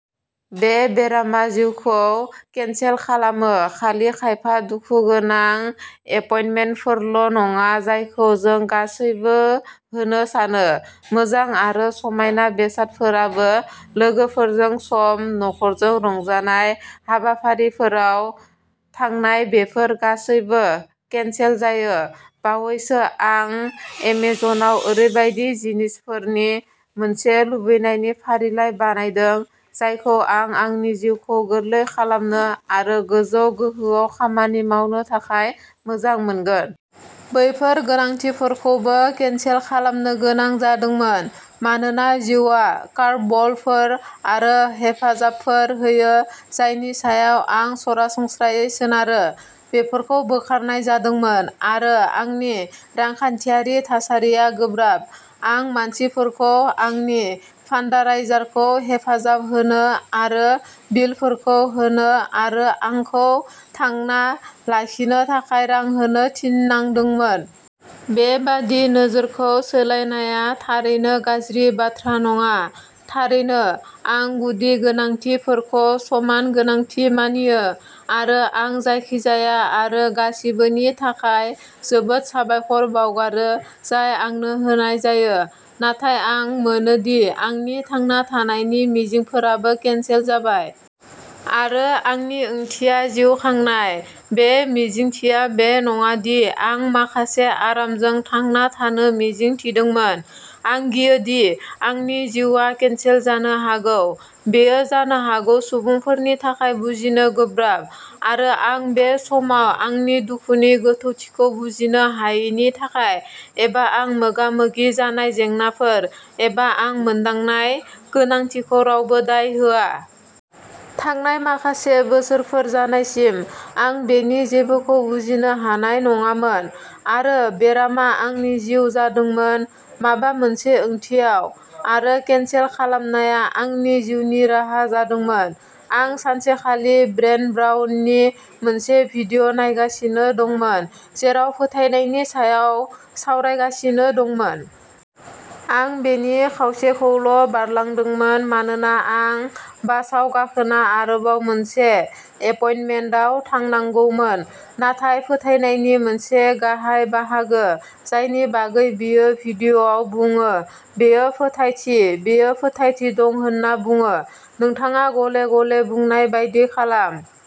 बे बेरामा जिउखौ केनसेल खालामो। खालि खायफा दुखुगोनां एपइन्टमेन्टफोरल'नङा, जायखौ जों गासैबो होनो सानो। मोजां आरो समायना बेसादफोराबो। लोगोफोरजों सम, नखरजों रंजानाय, हाबाफारिफोराव थांनायबेफोर गासैबो केनसेल जायो। बावैसो आं एमेजनआव ओरैबायदि जिनिसफोरनि मोनसे लुबैनायनि फारिलाइ बानायदों जायखौ आं आंनि जिउखौ गोरलै खालामनो आरो गोजौ गोहोआव खामानि मावनो थाखाय मोजां मोनगोन। बैफोर गोनांथिफोरखौबो केनसेल खालामनो गोनां जादोंमोन, मानोना जिउआ कार्भ बलफोर आरो हेफाजाबफोर होयो जायनि सायाव आं सरासनस्रायै सोनारो, बेफोरखौ बोखारनाय जादोंमोन, आरो आंनि रांखान्थियारि थासारिया गोब्राब। आं मानसिफोरखौ आंनि फान्डाराइजारखौ हेफाजाब होनो आरो बिलफोरखौ होनो आरो आंखौ थांना लाखिनो थाखाय रां होनो थिननांदोंमोन। बेबादि नोजोरखौ सोलायनाया थारैनो गाज्रि बाथ्रा नङा। थारैनो, आं गुदि गोनांथिफोरखौ समान गोनांथि मानियो, आरो आं जायखिजाया आरो गासिबोनि थाखाय जोबोद साबायखर बावगारो जाय आंनो होनाय जायो। नाथाय आं मोनो दि आंनि थांना थानायनि मिजिंफोराबो केनसेल जाबाय। आरो आंनि ओंथिया जिउ खांनाय। बे मिजिंथिया बे नङा दि आं माखासे आरामजों थांना थानो मिजिं थिदोंमोन। आं गियो दि आंनि जिउआ केनसेल जानो हागौ। बेयो जानो हागौ सुबुंफोरनि थाखाय बुजिनो गोब्राब। आरो आं बे समाव आंनि दुखुनि गोथौथिखौ बुजिनो हायैनि थाखाय, एबा आं मोगा-मोगि जानाय जेंनाफोर, एबा आं मोनदांनाय गोनांथिखौ रावबो दाय होआ। थांनाय माखासे बोसोरफोर जानायसिम आं बेनि जेबोखौ बुजिनो हानाय नङामोन, आरो बेरामआ आंनि जिउ जादोंमोन, माबा मोनसे ओंथियाव। आरो केनसेल खालामनाया आंनि जिउनि राहा जादोंमोन। आं सानसेखालि ब्रेन ब्राउननि मोनसे भिडिअ'नायगासिनो दंमोन जेराव फोथायनायनि सायाव सावरायगासिनो दंमोन। आं बेनि खावसेखौल'बारलांदोंमोन मानोना आं बासआव गाखोना आरोबाव मोनसे एपइन्टमेन्टआव थांनांगौमोन। नाथाय फोथायनायनि मोनसे गाहाय बाहागो जायनि बागै बियो भिडिअ'आव बुङो बेयो फोथायथि। बियो फोथायथि दं होनना बुङो। नोंथाङा "गले-गले" बुंनाय बायदि खालाम।